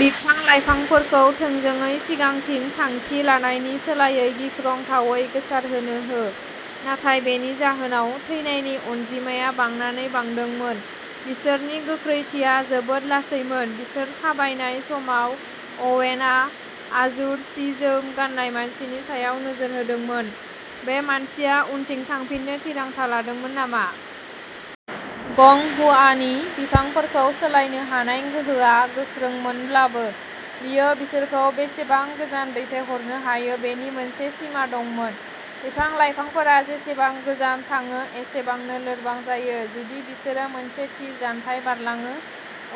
बिफां-लाइफांफोरखौ थोंजोङै सिगांथिं थांखि लानायनि सोलायै गिख्रंथावै गोसारहोनो हो। नाथाय बेनि जाहोनाव, थैनायनि अनजिमाया बांनानै बांदोंमोन। बिसोरनि गोख्रैथिया जोबोद लासैमोन। बिसोर थाबायनाय समाव, अवेनआ आजुर सि-जोम गाननाय मानसिनि सायाव नोजोर होदोंमोन। बे मानसिया उनथिं थांफिननो थिरांथा लादोंमोन नामा? गं हुआनि बिफांफोरखौ सोलायनो हानाय गोहोआ गोख्रोंमोनब्लाबो, बियो बिसोरखौ बेसेबां गोजान दैथायहरनो हायो बेनि मोनसे सिमा दंमोन। बिफां-लाइफांफोरा जेसेबां गोजान थाङो, एसेबांनो लोरबां जायो। जुदि बिसोरो मोनसे थि जानथाय बारलाङो,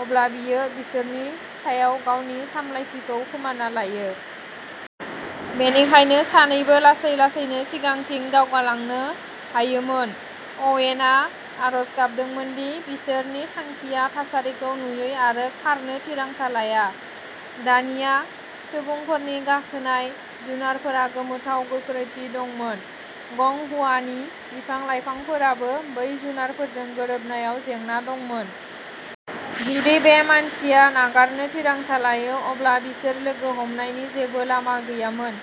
अब्ला बियो बिसोरनि सायाव गावनि सामलायथिखौ खोमाना लायो। बेनिखायनो सानैबो लासै लासैनो सिगांथिं दावगालांनो हायोमोन। अवेनआ आरज गाबदोंमोन दि बिसोरनि थांखिया थासारिखौ नुयै आरो खारनो थिरांथा लाया। दान्या सुबुंफोरनि गाखोनाय जुनारफोरा गोमोथाव गोख्रैथि दंमोन। गं हुआनि बिफां-लाइफांफोराबो बै जुनारफोरजों गोरोबनायाव जेंना दंमोन। जुदि बे मानसिया नागारनो थिरांथा लायो, अब्ला बिसोर लोगो हमनायनि जेबो लामा गैयामोन।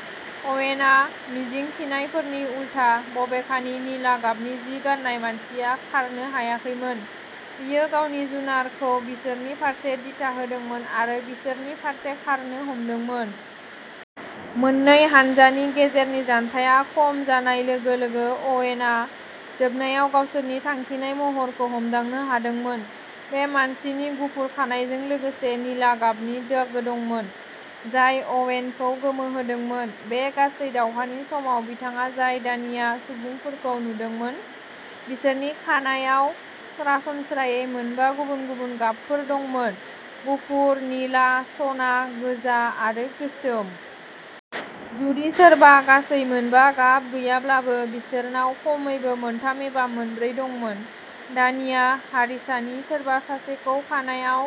अवेनआ मिजिं थिनायफोरनि उलथा, बबेखानि, निला गाबनि जि गाननाय मानसिया खारनो हायाखैमोन, बियो गावनि जुनारखौ बिसोरनि फारसे दिथा होदोंमोन आरो बिसोरनि फारसे खारनो हमदोंमोन। मोन्नै हान्जानि गेजेरनि जानथाया खम जानाय लोगो-लोगो, अवेनआ जोबनायाव गावसोरनि थांखिनाय महरखौ हमदांनो हादोंमोन। बे मानसिनि गुफुर खानाइजों लोगोसे निला गाबनि दागो दंमोन, जाय अवेनखौ गोमोहोदोंमोन। बे गासै दावहानि समाव, बिथाङा जाय दान्या सुबुंफोरखौ नुदोंमोन, बिसोरनि खानाइआव सरासनस्रायै मोनबा गुबुन-गुबुन गाबफोर दंमोन-गुफुर, निला, सना, गोजा आरो गोसोम। जुदि सोरबा गासै मोनबा गाब गैयाब्लाबो, बिसोरनाव खमैबो मोनथाम एबा मोनब्रै दंमोन। दान्या हारिसानि सोरबा सासेखौ खानाइआव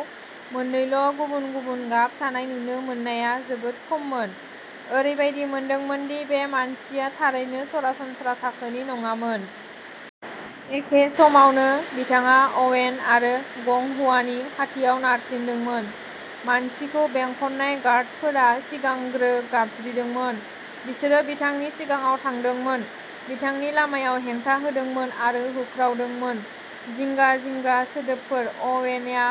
मोननैल'गुबुन-गुबुन गाब थानाय नुनो मोननाया जोबोद खममोन। ओरैबायदि मोनदोंमोन दि बे मानसिया थारैनो सरासनस्रा थाखोनि नङामोन। एखे समावनो, बिथाङा अवेन आरो गं हुआनि खाथियाव नारसिनदोंमोन। मानसिखौ बेंखननाय गार्डफोरा सिगांग्रो गाबज्रिदोंमोन। बिसोरो बिथांनि सिगाङाव थांदोंमोन, बिथांनि लामायाव हेंथा होदोंमोन, आरो होख्रावदोंमोन। जिंगा-जिंगा सोदोबफोर। अवेनआ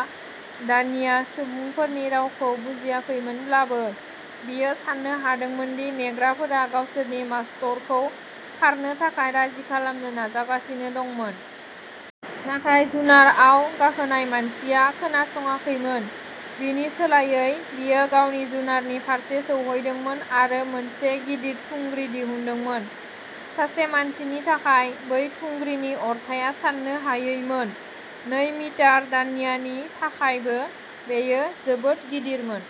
दान्या सुबुंफोरनि रावखौ बुजियाखैमोनब्लाबो, बियो सान्नो हादोंमोन दि नेग्राफोरा गावसोरनि मास्तरखौ खारनो थाखाय राजि खालामनो नाजागासिनो दंमोन। नाथाय जुनारआव गाखोनाय मानसिया खोनासङाखैमोन। बिनि सोलायै, बियो गावनि जुनारनि फारसे सौहैदोंमोन आरो मोनसे गिदिर थुंग्रि दिहुनदोंमोन। सासे मानसिनि थाखाय, बै थुंग्रिनि अरथाइया साननो हायैमोन। नै मिटार दान्यानि थाखायबो, बेयो जोबोद गिदिरमोन।